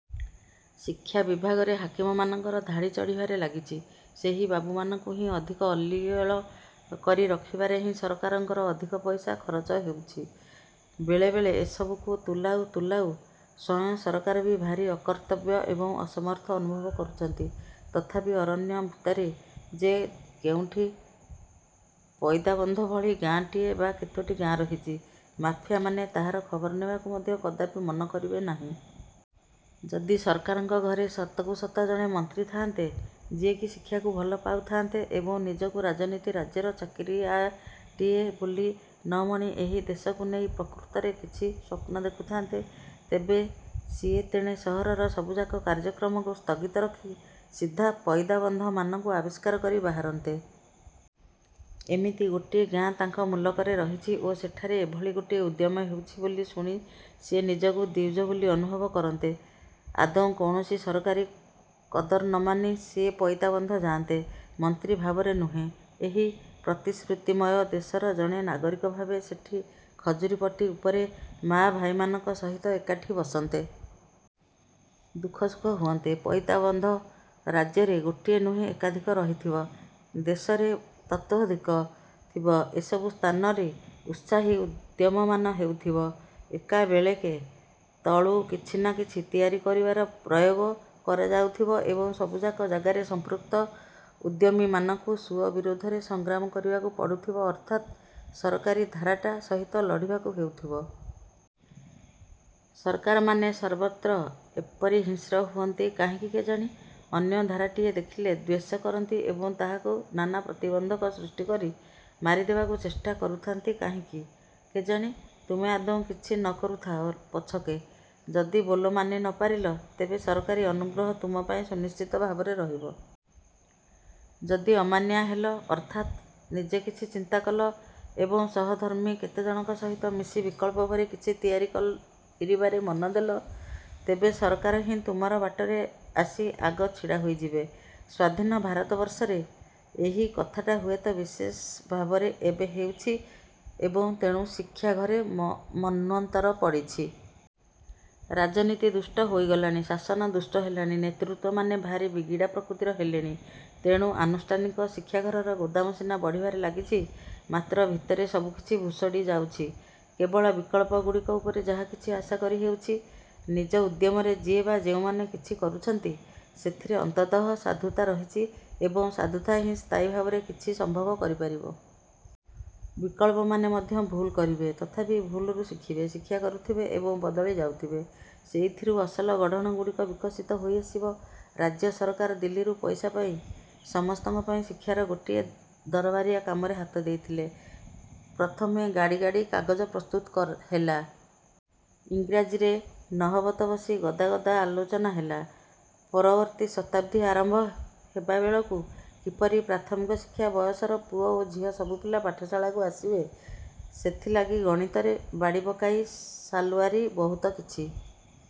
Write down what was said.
ଶିକ୍ଷା ବିଭାଗରେ ହାକିମମାନଙ୍କର ଧାଡ଼ି ବଢ଼ିବାରେ ଲାଗିଛି। ସେହି ବାବୁମାନଙ୍କୁ ହିଁ ଅଧିକ ଅଲିଅଳ କରି ରଖିବାରେ ହିଁ ସରକାରଙ୍କର ଅଧିକ ପଇସା ଖରଚ ହେଉଛି। ବେଳେବେଳେ ଏସବୁକୁ ତୁଲାଉ ତୁଲାଉ ସ୍ୱୟଂ ସରକାର ବି ଭାରି ଅକର୍ତ୍ତବ୍ୟ ଏବଂ ଅସମର୍ଥ ଅନୁଭବ କରୁଛନ୍ତି। ତଥାପି ଅରଣ୍ୟ ଭିତରେ ଯେ କେଉଁଠି ପଇଦାବନ୍ଧ ଭଳି ଗାଆଁଟିଏ ବା କେତୋଟି ଗାଆଁ ରହିଛି, ମାଫିଆମାନେ ତାହାର ଖବର ନେବାକୁ ମଧ୍ୟ କଦାପି ମନ କରିବେ ନାହିଁ। ଯଦି ସରକାରଙ୍କ ଘରେ ସତକୁ ସତ ଜଣେ ମନ୍ତ୍ରୀ ଥାଆନ୍ତେ, ଯିଏକି ଶିକ୍ଷାକୁ ଭଲ ପାଉଥାଆନ୍ତେ ଏବଂ ନିଜକୁ ରାଜନୀତି ରାଜ୍ୟର ଚାକିରିଆଟିଏ ବୋଲି ନମଣି ଏହି ଦେଶକୁ ନେଇ ପ୍ରକୃତରେ କିଛି ସ୍ୱପ୍ନ ଦେଖୁଥାନ୍ତେ, ତେବେ ସିଏ ତେଣେ ସହରର ସବୁଯାକ କାର୍ଯ୍ୟକ୍ରମକୁ ସ୍ଥଗିତ ରଖି ସିଧା ପଇଦାବନ୍ଧ ମାନଙ୍କୁ ଆବିଷ୍କାର କରି ବାହାରନ୍ତେ। ଏମିତି ଗୋଟିଏ ଗାଆଁ ତାଙ୍କ ମୁଲକରେ ରହିଛି ଓ ସେଠାରେ ଏଭଳି ଗୋଟିଏ ଉଦ୍ୟମ ହେଉଛି ବୋଲି ଶୁଣି ସିଏ ନିଜକୁ ଦ୍ୱିଜ ବୋଲି ଅନୁଭବ କରନ୍ତେ। ଆଦୌ କୌଣସି ସରକାରୀ କଦର ନମାନି ସିଏ ପଇଦାବନ୍ଧ ଯାଆନ୍ତେ। ମନ୍ତ୍ରୀ ଭାବରେ ନୁହେଁ, ଏହି ପ୍ରତିଶ୍ରୁତିମୟ ଦେଶର ଜଣେ ନାଗରିକ ଭାବେ ସେଠି ଖଜୁରିପଟି ଉପରେ ମାଆ ଭାଇମାନଙ୍କ ସହିତ ଏକାଠି ବସନ୍ତେ। ଦୁଃଖ ସୁଖ ହୁଅନ୍ତେ। ପଇଦାବନ୍ଧ ରାଜ୍ୟରେ ଗୋଟିଏ ନୁହେଁ, ଏକାଧିକ ରହିଥିବ। ଦେଶରେ ତତୋଃଧିକ। ଥିବ। ଏସବୁ ସ୍ଥାନରେ ଉତ୍ସାହୀ ଉଦ୍ୟମମାନ ହେଉଥିବ। ଏକାବେଳେକେ ତଳୁ କିଛି ନା କିଛି ତିଆରି କରିବାର ପ୍ରୟୋଗ କରାଯାଉଥିବ ଏବଂ ସବୁଯାକ ଜାଗାରେ ସମ୍ପୃକ୍ତ ଉଦ୍ୟମୀମାନଙ୍କୁ ସୁଅ ବିରୋଧରେ ସଂଗ୍ରାମ କରିବାକୁ ପଡୁଥିବ ଅର୍ଥାତ୍ ସରକାରୀ ଧାରାଟା ସହିତ ଲଢ଼ିବାକୁ ହେଉଥିବ। ସରକାରମାନେ ସର୍ବତ୍ର ଏପରି ହିଂସ୍ର ହୁଅନ୍ତି କାହିଁକି କେଜାଣି? ଅନ୍ୟ ଧାରାଟିଏ ଦେଖିଲେ ଦ୍ୱେଷ କରନ୍ତି ଏବଂ ତାହାକୁ ନାନା ପ୍ରତିବନ୍ଧକ ସୃଷ୍ଟିକରି ମାରିଦେବାକୁ ଚେଷ୍ଟା କରୁଥାନ୍ତି କାହିଁକି କେଜାଣି? ତୁମେ ଆଦୌ କିଛି ନକରୁଥାଅ ପଛକେ, ଯଦି ବୋଲ ମାନିପାରିଲ, ତେବେ ସରକାରୀ ଅନୁଗ୍ରହ ତୁମ ପାଇଁ ସୁନିଶ୍ଚିତ ଭାବରେ ରହିବ। ଯଦି ଅମାନିଆ ହେଲ, ଅର୍ଥାତ୍ ନିଜେ କିଛି ଚିନ୍ତା କଲ ଏବଂ ସହଧର୍ମୀ କେତେଜଣଙ୍କ ସହିତ ମିଶି ବିକଳ୍ପ ଭଳି କିଛି ତିଆରି କରିବାରେ ମନଦେଲ, ତେବେ ସରକାର ହିଁ ତୁମର ବାଟରେ ଆସି ଆଗ ଛିଡ଼ା ହୋଇଯିବେ। ସ୍ଵାଧୀନ ଭାରତବର୍ଷରେ ଏହି କଥାଟା ହୁଏତ ବିଶେଷ ଭାବରେ ଏବେ ହେଉଛି ଏବଂ ତେଣୁ ଶିକ୍ଷାଘରେ ମନ୍ୱନ୍ତର ପଡ଼ିଛି। ରାଜନୀତି ଦୁଷ୍ଟ ହୋଇଗଲାଣି, ଶାସନ ଦୁଷ୍ଟ ହେଲାଣି, ନେତୃତ୍ୱମାନେ ଭାରି ବିଗିଡ଼ା ପ୍ରକୃତିର ହେଲେଣି। ତେଣୁ ଆନୁଷ୍ଠାନିକ ଶିକ୍ଷାଘରର ଗୋଦାମ ସିନା ବଢ଼ିବାରେ ଲାଗିଛି, ମାତ୍ର ଭିତରେ ସବୁକିଛି ଭୁଷଡ଼ି ଯାଉଛି। କେବଳ ବିକଳ୍ପଗୁଡ଼ିକ ଉପରେ ଯାହା କିଛି ଆଶା କରି ହେଉଛି। ନିଜ ଉଦ୍ୟମରେ ଯିଏ ବା ଯେଉଁମାନେ କିଛି କରୁଛନ୍ତି, ସେଥିରେ ଅନ୍ତତଃ ସାଧୁତା ରହିଛି ଏବଂ ସାଧୁତା ହିଁ ସ୍ଥାୟୀ ଭାବରେ କିଛି ସମ୍ଭବ କରିପାରିବ! ବିକଳ୍ପମାନେ ମଧ୍ୟ ଭୁଲ କରିବେ, ତଥାପି ଭୁଲରୁ ଶିଖିବେ। ଶିକ୍ଷା କରୁଥିବେ ଏବଂ ବଦଳି ଯାଉଥିବେ। ସେଇଥିରୁ ଅସଲ ଗଢ଼ଣ ଗୁଡ଼ିକ ବିକଶିତ ହୋଇଆସିବ। ରାଜ୍ୟ ସରକାର ଦିଲ୍ଲୀରୁ ପଇସା ପାଇ ସମସ୍ତଙ୍କ ପାଇଁ ଶିକ୍ଷାର ଗୋଟିଏ ଦରବାରିଆ କାମରେ ହାତ ଦେଇଥିଲେ। ପ୍ରଥମେ ଗାଡ଼ି ଗାଡ଼ି କାଗଜ ପ୍ରସ୍ତୁତ ହେଲା। ଇଂରାଜୀରେ ନହବତ ବସି ଗଦା ଗଦା ଆଲୋଚନା ହେଲା। ପରବର୍ତ୍ତୀ ଶତାବ୍ଦୀ ଆରମ୍ଭ ହେବାବେଳକୁ କିପରି ପ୍ରାଥମିକ ଶିକ୍ଷା ବୟସର ପୁଅ ଓ ଝିଅ ସବୁପିଲା ପାଠଶାଳାକୁ ଆସିବେ, ସେଥିଲାଗି ଗଣିତରେ ବାଡ଼ି ପକାଇ ସାଲୱାରି ବହୁତ କିଛି